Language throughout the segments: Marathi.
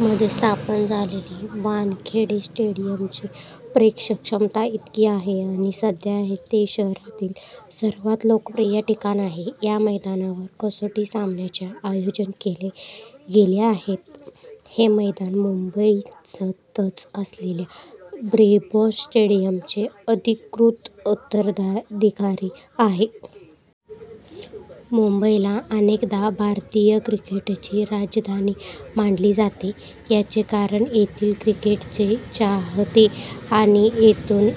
मध्ये स्थापन झालेल्या वानखेडे स्टेडियमची प्रेक्षक क्षमता इतकी आहे आणि सध्या ते शहरातील सर्वात लोकप्रिय ठिकाण आहे. ह्या मैदानावर कसोटी सामन्यांचे आयोजन केले गेले आहेत. हे मैदान मुंबई तच असलेल्या ब्रेबॉर्न स्टेडियमचे अनधिकृत उत्तराधिकारी आहे. मुंबईला अनेकदा भारतीय क्रिकेटची राजधानी मानली जाते याचे कारण येथील क्रिकेटचे चाहते आणि येथून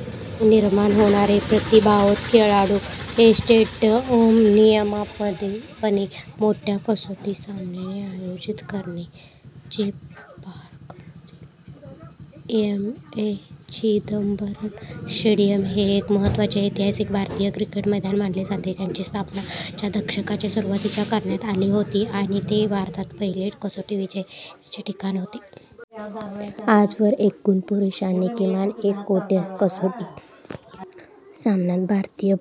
निर्माण होणारे प्रतिभावंत खेळाडू. हे स्टेडियम नियमितपणे मोठ्या कसोटी सामन्यांचे आयोजन करते. चेपॉकमधील एम. ए. चिदंबरम स्टेडियम हे एक महत्त्वाचे ऐतिहासिक भारतीय क्रिकेट मैदान मानले जाते, ज्याची स्थापना च्या दशकाच्या सुरुवातीला करण्यात आली होती आणि ते भारताच्या पहिल्या कसोटी विजयाचे ठिकाण होते.। आजवर एकूण पुरुषांनी किमान एका कसोटी सामन्यात भारतीय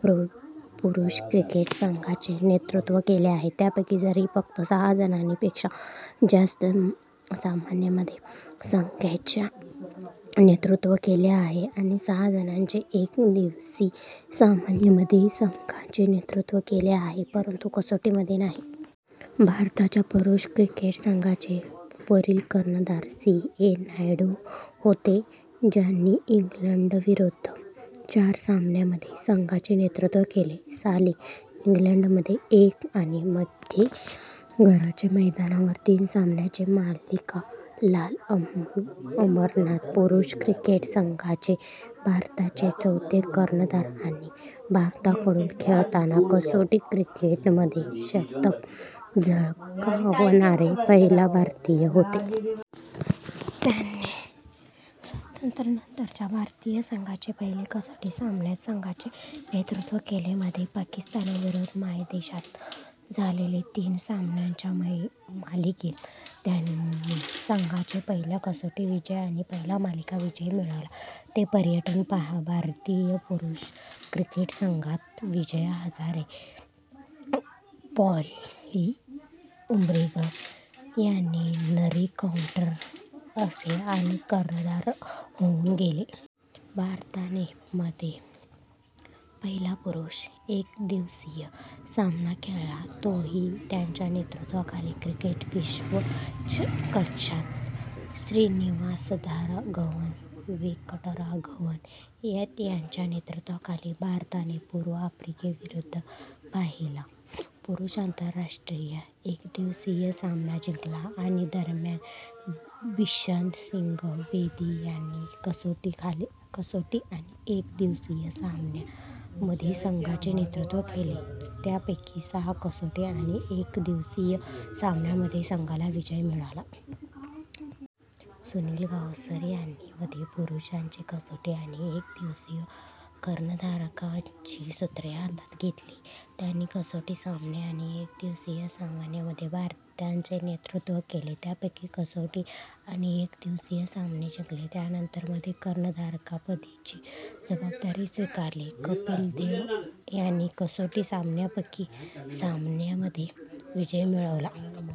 पुरुष क्रिकेट संघाचे नेतृत्व केले आहे. त्यापैकी जरी फक्त सहा जणांनी पेक्षा जास्त सामन्यांमध्ये संघाचे नेतृत्व केले आहे आणि सहा जणांनी एकदिवसीय सामन्यांमध्ये संघाचे नेतृत्व केले आहे परंतु कसोटीमध्ये नाही. भारताच्या पुरुष क्रिकेट संघाचे पहिले कर्णधार सी. के. नायडू होते, ज्यांनी इंग्लंडविरुद्धच्या चार सामन्यांमध्ये संघाचे नेतृत्व केले; साली इंग्लंडमध्ये एक आणि - मध्ये घरच्या मैदानावर तीन सामन्यांची मालिका. लाला अमरनाथ, पुरुष क्रिकेट संघाचे भारताचे चौथे कर्णधार आणि भारताकडून खेळताना कसोटी क्रिकेटमध्ये शतक झळकावणारे पहिले भारतीय होते. त्यांनी स्वतंत्र्यानंतरच्या भारतीय संघाच्या पहिल्या कसोटी सामन्यात संघाचे नेतृत्व केले. - मध्ये पाकिस्तान विरुद्ध मायदेशात झालेल्या तीन सामन्यांच्या मालिकेत त्यांनी संघाचा पहिला कसोटी विजय आणि पहिला मालिका विजय मिळवला. ते - पर्यंत, भारतीय पुरुष क्रिकेट संघात विजय हजारे, पॉली उम्रीगर आणि नरी कॉन्ट्रॅक्टर असे अनेक कर्णधार होऊन गेले. भारताने मध्ये पहिला पुरुष एकदिवसीय सामना खेळला, तोही त्यांच्या नेतृत्वाखाली. क्रिकेट विश्वचषकात श्रीनिवासराघवन वेंकटराघवन यांच्या नेतृत्वाखाली भारताने पूर्व आफ्रिकेविरुद्ध पहिला पुरुष आंतरराष्ट्रीय एकदिवसीय सामना जिंकला. - आणि - दरम्यान, बिशन सिंग बेदी यांनी कसोटी आणि एकदिवसीय सामन्यांमध्ये संघाचे नेतृत्व केले, त्यापैकी सहा कसोटी आणि एक एकदिवसीय सामन्यामध्ये संघाला विजय मिळाला. सुनील गावस्कर यांनी - मध्ये पुरुषांच्या कसोटी आणि एकदिवसीय कर्णधारपदाची सूत्रे हातात घेतली. त्यांनी कसोटी सामने आणि एकदिवसीय सामन्यांमध्ये भारताचे नेतृत्व केले, त्यापैकी कसोटी आणि एकदिवसीय सामने जिंकले. त्यांच्यानंतर मध्ये कर्णधारपदाची जबाबदारी स्वीकारणाऱ्या कपिल देव यांनी कसोटी सामन्यांपैकी सामन्यांमध्ये विजय मिळवला.